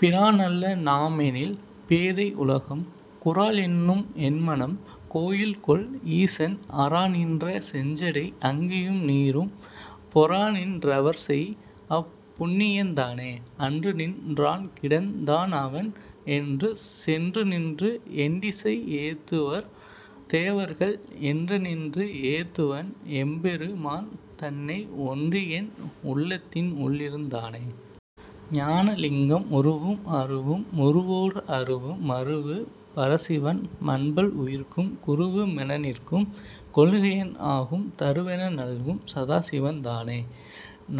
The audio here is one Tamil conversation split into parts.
பிரான்அல்ல நாம்எனில் பேதை உலகம் குரால்என்னும் என்மனம் கோயில்கொள் ஈசன் அராநின்ற செஞ்சடை அங்கியும் நீரும் பொராநின் றவர்செய்அப் புண்ணியன் தானே. அன்று நின் றான்கிடந் தான்அவன் என்று சென்றுநின்று எண்டிசை ஏத்துவர் தேவர்கள் என்றுநின்று ஏத்துவன் எம்பெரு மான்தன்னை ஒன்றியென் உள்ளத்தின் உள்ளிருந் தானே.. ஞான லிங்கம் உருவும் அருவும் உருவோடு அருவும் மருவு பரசிவன் மன்பல் உயிர்க்கும் குருவு மெனநிற்கும் கொள்கையன் ஆகும் தருவென நல்கும் சதாசிவன் தானே.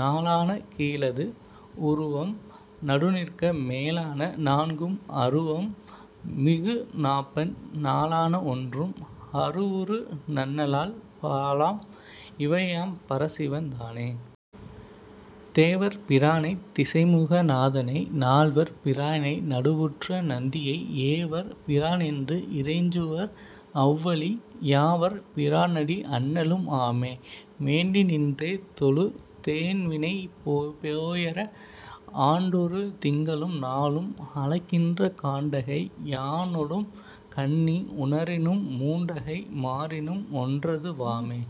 நாலான கீழது உருவம் நடுநிற்க மேலான நான்கும் அருவம் மிகுநாப்பண் நாலான ஒன்றும் அருவுரு நண்ணலால் பாலாம் இவையாம் பரசிவன் தானே. தேவர் பிரானைத் திசைமுக நாதனை நால்வர் பிரானை நடுவுற்ற நந்தியை ஏவர் பிரான்என்று இறைஞ்சுவர் அவ்வழி யாவர் பிரானடி அண்ணலும் ஆமே. வேண்டிநின் றேதொழு தேன்வினை போயற ஆண்டொரு திங்களும் நாளும் அளக்கின்ற காண்டகை யானொடும் கன்னி உணரினும் மூண்டகை மாறினும் ஒன்றது வாமே.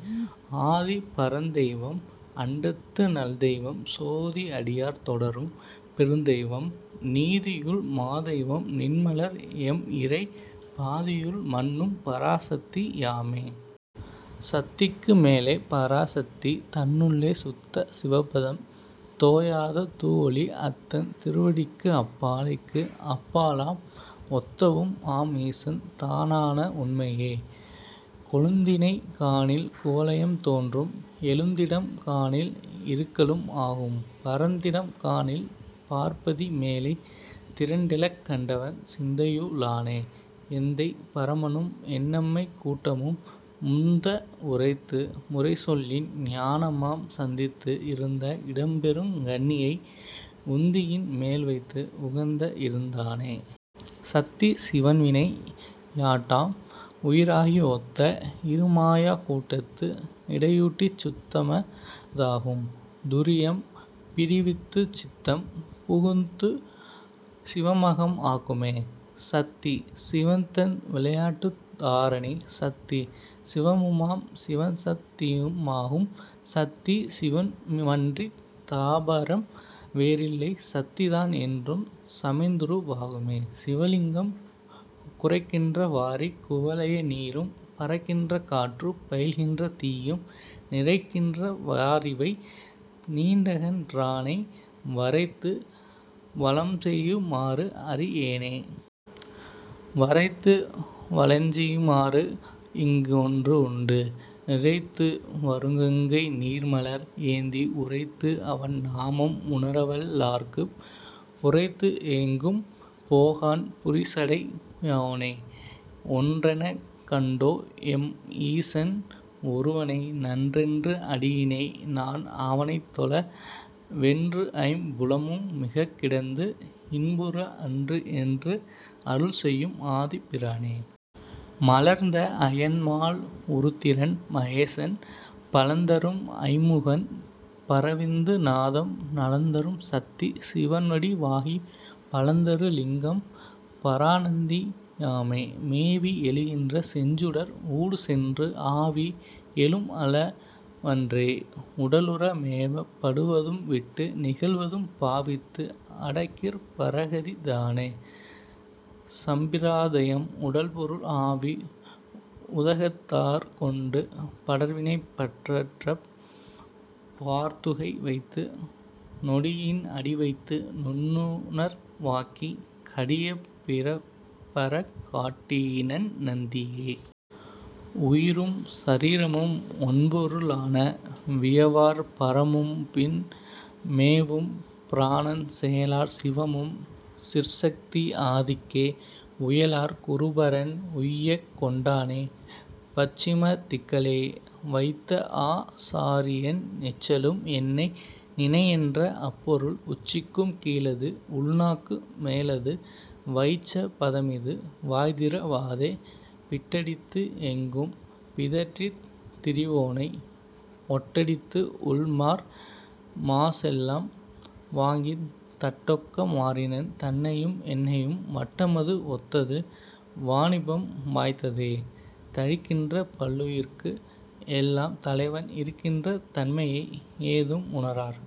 ஆதி பரந்தெய்வம் அண்டத்து நல்தெய்வம் சோதி அடியார் தொடரும் பெருந்தெய்வம் நீதியுள் மாதெய்வம் நின்மலர் எம்இறை பாதியுள் மன்னும் பராசத்தி யாமே. சத்திக்கு மேலே பராசத்தி தன்னுள்ளே சுத்த சிவபதம் தோயாத தூவொளி அத்தன் திருவடிக்கு அப்பாலைக்கு அப்பாலாம் ஒத்தவும் ஆம்ஈசன் தானான உண்மையே. கொழுந்தினைக் காணில் குவலயம் தோன்றும் எழுந்திடம் காணில் இருக்கலும் ஆகும் பரந்திடம் காணில் பார்ப்பதி மேலே திரண்டெழக் கண்டவன் சிந்தையு ளானே. எந்தை பரமனும் என்னம்மை கூட்டமும் முந்த உரைத்து முறைசொல்லின் ஞானமாம் சந்தித்து இருந்த இடம்பெருங் கண்ணியை உந்தியின் மேல்வைத்து உகந்து இருந்தானே. சத்தி சிவன்விளை யாட்டாம் உயிராகி ஒத்த இருமாயா கூட்டத்து இடையூட்டிச் சுத்தம தாகும் துரியம் பிறிவித்துச் சித்தம் புகுந்து சிவம்அகம் ஆக்குமே. சத்தி சிவன்தன் விளையாட்டுத் தாரணி சத்தி சிவமுமாம் சிவன்சத் தியுமாகும் சத்தி சிவமன்றித் தாபரம் வேறில்லை சத்திதான் என்றும் சமைந்துரு வாகுமே.. சிவலிங்கம் குரைக்கின்ற வாரிக் குவலய நீரும் பரக்கின்ற காற்றுப் பயில்கின்ற தீயும் நிரைக்கின்ற வாறிவை நீண்டகன் றானை வரைத்து வலம்செயு மாறுஅறி யேனே. வரைத்து வலஞ்செய்யு மாறுஇங்குஒன்று உண்டு நிரைத்து வருகங்கை நீர்மலர் ஏந்தி உரைத்து அவன் நாமம் உணரவல் லார்க்குப் புரைத்துஎங்கும் போகான் புரிசடை யோனே. ஒன்றெனக் கண்டோ ம் ஈசன் ஒருவனை நன்றென்று அடியிணை நான்அவனைத்தொழ வென்றுஐம் புலமும் மிகக்கிடந்து இன்புற அன்றுஎன்று அருள்செய்யும் ஆதிப் பிரானே. மலர்ந்த அயன்மால் உருத்திரன் மகேசன் பலந்தரும் ஐம்முகன் பரவிந்து நாதம் நலந்தரும் சத்தி சிவன்வடி வாகிப் பலந்தரு லிங்கம் பராநந்தி யாமே. மேவி எழுகின்ற செஞ்சுடர் ஊடுசென்று ஆவி எழும்அள வன்றே உடலுற மேவப் படுவதும் விட்டு நிகழ்வதும் பாவித்து அடக்கிற் பரகதி தானே.. சம்பிராதயம் உடல்பொருள் ஆவி உதகத்தாற் கொண்டு படர்வினை பற்றறப் பார்த்துக்கை வைத்து நொடியின் அடிவைத்து நுண்ணுணர் வாக்கி கடியப் பிறப்பறக் காட்டினன் நந்தியே. உயிரும் சரீரமும் ஒண்பொரு ளான வியவார் பரமும்பின் மேவும் பிராணன் செயலார் சிவமும் சிற்சத்தி ஆதிக்கே உயலார் குருபரன் உய்யக் கொண்டானே. பச்சிம திக்கலே வைத்தஆ சாரியன் நிச்சலும் என்னை நினையென்ற அப்பொருள் உச்சிக்கும் கீழது உள்நாக்கு மேலது வைச்ச பதமிது வாய்திற வாதே. பிட்டடித்து எங்கும் பிதற்றித் திரிவோனை ஒட்டடித்து உள்ளமர் மாசெலாம் வாங்கித் தட்டொக்க மாறினன் தன்னையும் என்னையும் வட்டமது ஒத்தது வாணிபம் வாய்த்ததே. தரிக்கின்ற பல்லுயிர்க்கு எல்லாம் தலைவன் இருக்கின்ற தன்மையை ஏதும் உணரார்